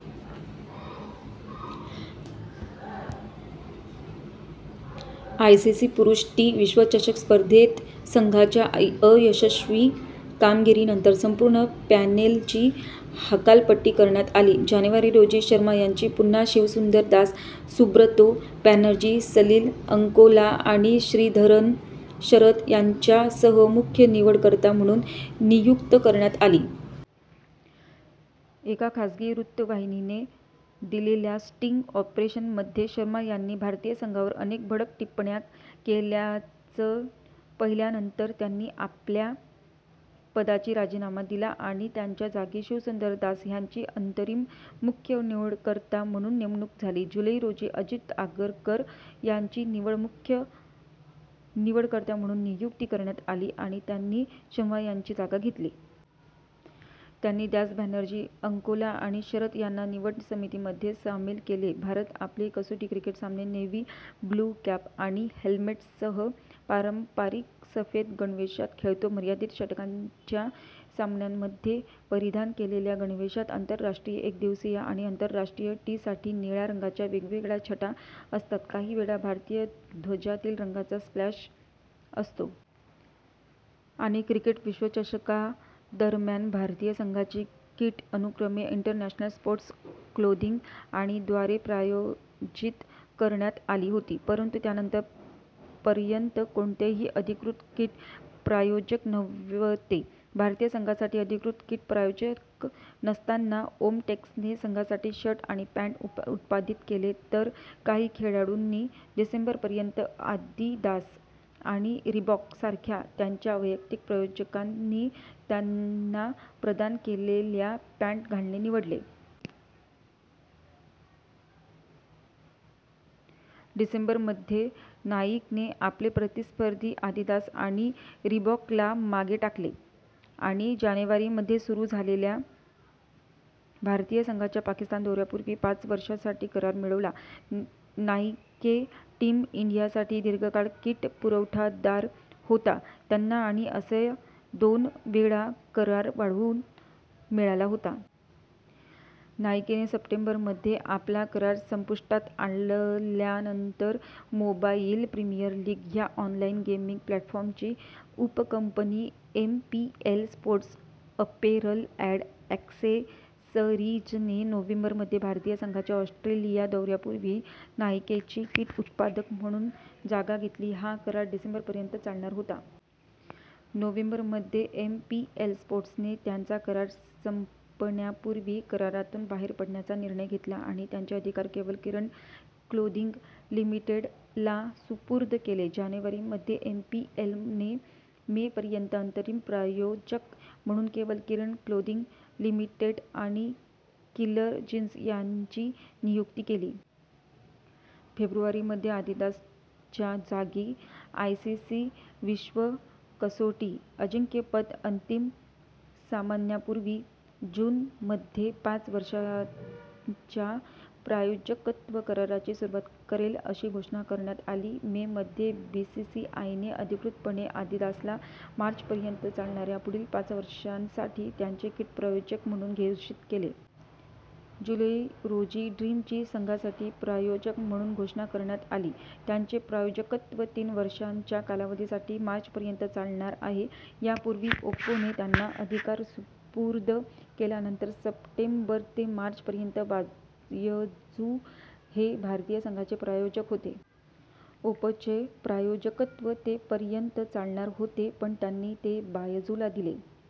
ICC पुरुष T विश्वचषक स्पर्धेत संघाच्या अयशस्वी कामगिरीनंतर संपूर्ण पॅनेलची हकालपट्टी करण्यात आली. जानेवारी रोजी, शर्मा यांची पुन्हा शिवसुंदर दास, सुब्रतो बॅनर्जी, सलील अंकोला आणि श्रीधरन शरथ यांच्यासह मुख्य निवडकर्ता म्हणून नियुक्ती करण्यात आली. एका खाजगी वृत्तवाहिनीने केलेल्या स्टिंग ऑपरेशनमध्ये शर्मा यांनी भारतीय संघावर अनेक भडक टिप्पण्या केल्याचं पाहिल्यानंतर त्यांनी आपल्या पदाचा राजीनामा दिला आणि त्यांच्या जागी शिवसुंदर दास ह्यांची अंतरिम मुख्य निवडकर्ता म्हणून नेमणूक झाली. जुलै रोजी, अजित आगरकर यांची नवीन मुख्य निवडकर्ता म्हणून नियुक्ती करण्यात आली आणि त्यांनी शर्मा यांची जागा घेतली. त्यांनी दास, बॅनर्जी, अंकोला आणि शरथ यांना निवड समितीमध्ये सामील केले. भारत आपले कसोटी क्रिकेट सामने नेव्ही ब्लू कॅप आणि हेल्मेट सह पारंपारिक सफेद गणवेशात खेळतो. मर्यादित षटकांच्या सामन्यांमध्ये परिधान केलेल्या गणवेशात आंतरराष्ट्रीय एकदिवसीय आणि आंतरराष्ट्रीय टी साठी निळ्या रंगाच्या वेगवेगळ्या छटा असतात, काहीवेळा भारतीय ध्वजातील रंगांचा स्प्लॅश असतो.। आणि क्रिकेट विश्वचषकादरम्यान, भारतीय संघाची किट अनुक्रमे इंटरनॅशनल स्पोर्ट्स क्लोदिंग आणि द्वारे प्रायोजित करण्यात आली होती, परंतु त्यानंतर पर्यंत कोणतेही अधिकृत किट प्रायोजक नव्हते. भारतीय संघासाठी अधिकृत किट प्रायोजक नसताना, ओमटेक्सने संघासाठी शर्ट आणि पँट उत्पादित केले, तर काही खेळाडूंनी डिसेंबर पर्यंत आदिदास आणि रिबॉक सारख्या त्यांच्या वैयक्तिक प्रायोजकांनी त्यांना प्रदान केलेल्या पँट घालणे निवडले. डिसेंबर मध्ये, नाइकेने आपले प्रतिस्पर्धी आदिदास आणि रिबॉकला मागे टाकले आणि जानेवारी मध्ये सुरू झालेल्या भारतीय संघाच्या पाकिस्तान दौऱ्यापूर्वी पाच वर्षांसाठी करार मिळवला. नाइके टीम इंडियासाठी दीर्घकाळ किट पुरवठादार होता. त्यांना आणि असा दोनवेळा करार वाढवून मिळाला होता. नाइकेने सप्टेंबर मध्ये आपला करार संपुष्टात आणल्यानंतर, मोबाइल प्रीमियर लीग ह्या ऑनलाइन गेमिंग प्लॅटफॉर्मची उपकंपनी एमपीएल स्पोर्ट्स अपेरल अँड ॲक्सेसरीजने नोव्हेंबर मध्ये भारतीय संघाच्या ऑस्ट्रेलिया दौऱ्यापूर्वी नाइकेची किट उत्पादक म्हणून जागा घेतली. हा करार डिसेंबर पर्यंत चालणार होता. नोव्हेंबर मध्ये, एमपीएल स्पोर्ट्सने त्यांचा करार संपण्यापूर्वी करारातून बाहेर पडण्याचा निर्णय घेतला आणि त्यांचे अधिकार केवल किरण क्लोदिंग लिमिटेड ला सुपूर्द केले. जानेवारी मध्ये, एमपीएलने मे पर्यंत अंतरिम प्रायोजक म्हणून केवल किरण क्लोदिंग लिमिटेड आणि किलर जीन्स यांची नियुक्ती केली. फेब्रुवारी मध्ये, आदिदास च्या जागी आयसीसी विश्व कसोटी अजिंक्यपद अंतिम सामन्यापूर्वी जून मध्ये पाच वर्षांच्या प्रायोजकत्व कराराची सुरुवात करेल अशी घोषणा करण्यात आली. मे मध्ये, बीसीसीआय ने अधिकृतपणे आदिदासला मार्च पर्यंत चालणाऱ्या पुढील पाच वर्षांसाठी त्यांचे किट प्रायोजक म्हणून घोषित केले. जुलै रोजी ड्रीम ची संघासाठी प्रायोजक म्हणून घोषणा करण्यात आली. त्यांचे प्रायोजकत्व तीन वर्षांच्या कालावधीसाठी मार्च पर्यंत चालणार आहे. यापूर्वी, ओप्पोने त्यांना अधिकार सुपूर्द केल्यानंतर सप्टेंबर ते मार्च पर्यंत बायजू हे भारतीय संघाचे प्रायोजक होते. ओप्पोचे प्रायोजकत्व ते पर्यंत चालणार होते, पण त्यांनी ते बायजूला दिले.